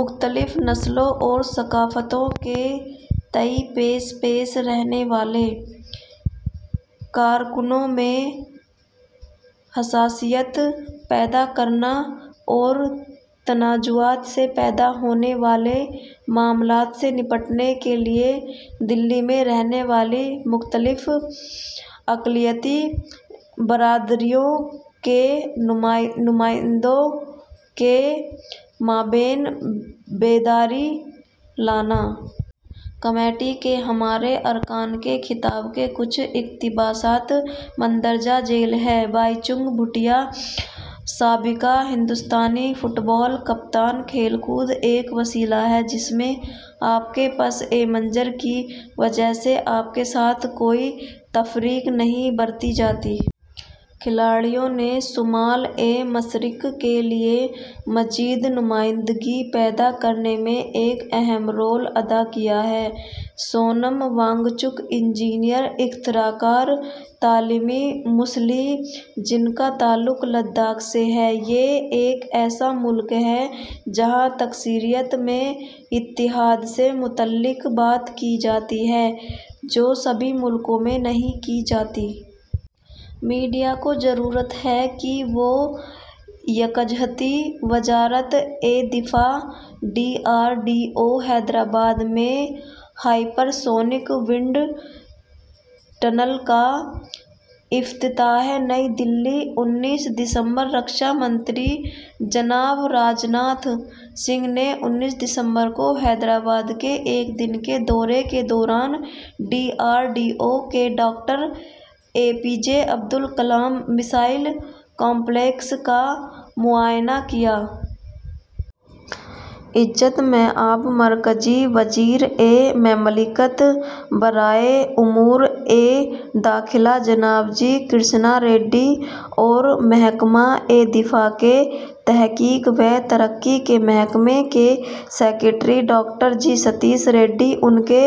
مختلف نسلوں اور ثقافتوں کے تئیں پیش پیش رہنے والے کارکنوں میں حساسیت پیدا کرنا اور تنازعات سے پیدا ہونے والے معاملات سے نمٹنے کے لیے دہلی میں رہنے والی مختلف اقلیتی برادریوں کے نمائندوں کے مابین بیداری لانا۔ کمیٹی کے ہمارے ارکان کے خطاب کے کچھ اقتباسات مندرجہ ذیل ہیں۔ بائی چنگ بھوٹیا، سابق بھارتی فٹبال کپتان۔ کھیل کود ایک وسیلہ ہے جس میں آپ کے پس منظر کی وجہ سے آپ کے ساتھ کوئی تفریق نہیں برتی جاتی۔ کھلاڑیوں نے شمال مشرق کے لیے مزید نمائندگی پیدا کرنے میں ایک اہم رول ادا کیا ہے۔ سونم وانگ چک، انجینئر، اختراع کار، تعلیمی مصلح، جن کا تعلق لداخ سے ہے۔ یہ ایک ایسا ملک ہے جہاں تکثیریت میں اتحاد سے متعلق بات کی جاتی ہے جو سبھی ملکوں میں نہیں کی جاتی۔ میڈیا کو ضرورت ہے کہ وہ یکجہتی۔ وزارت دفاع۔ D R D O Hyderabad میں ہائپر سونک ونڈ ٹنل کا افتتاح۔ نئی دہلی، انیس دسمبر۔ رکشا منتری جناب راج ناتھ سنگھ نے انیس دسمبر کو حیدرآباد کے ایک دن کے دورے کے دوران ڈی آر ڈی او کے doctor A P J Abdul Kalam missile complex کا معائنہ کیا۔ عزت مآب مرکزی وزیر مملکت برائے امور داخلہ جناب جی کرشنا ریڈی اور محکمہ دفاع کے تحقیق و ترقی کے محکمے کے secretary doctor G Satheesh Reddy ان کے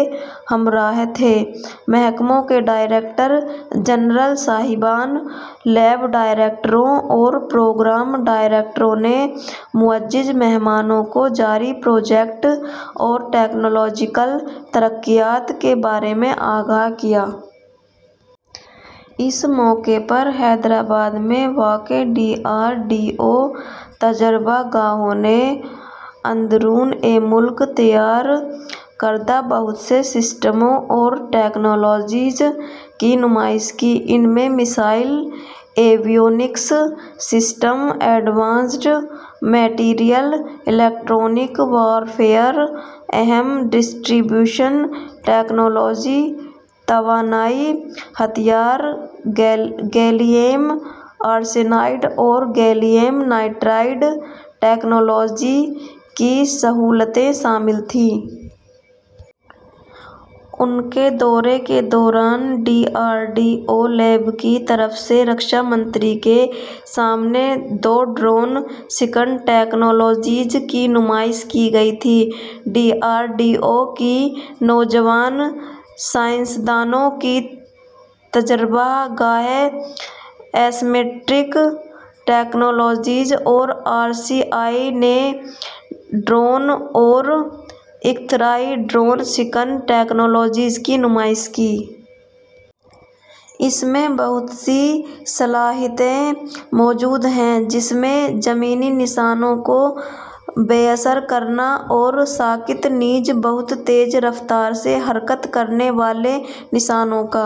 ہمراہ تھے۔ محکموں کے ڈائریکٹر جنرل صاحبان، لیب ڈائریکٹروں اور پروگرام ڈائریکٹروں نے معزز مہمانوں کو جاری پروجیکٹوں اور ٹیکنالوجیکل ترقیات کے بارے میں آگاہ کیا۔ اس موقع پر حیدرآباد میں واقع ڈی آر ڈی او تجربہ گاہوں نے اندرون ملک تیار کردہ بہت سے سسٹموں اور ٹیکنالوجیوں کی نمائش کی۔ ان میں missile, avionics system, advanced material, electronic warfare, اہم ڈسٹربیوشن ٹیکنالوجی، توانائی ہتھیار، گیلیم آرسینائیڈ اور گیلیم نائٹرائڈ ٹیکنالوجی کی سہولتیں شامل تھیں۔ ان کے دورے کے دوران D R D O lab کی طرف سے رکشا منتری کے سامنے دو ڈرون شکن ٹیکنالوجیوں کی نمائش کی گئی تھی۔ ڈی آر ڈی او کی نوجوان سائنسدانوں کی تجربہ گاہ، ایسمیٹرک ٹیکنالوجیز اور آر سی آئی نے ڈرون اور اختراعی ڈرون شکن ٹیکنالوجیوں کی نمائش کی۔ اس میں بہت سی صلاحیتیں موجود ہیں جس میں زمینی نشانوں کو بے اثر کرنا اور ساکت نیز بہت تیز رفتار سے حرکت کرنے والے نشانوں کا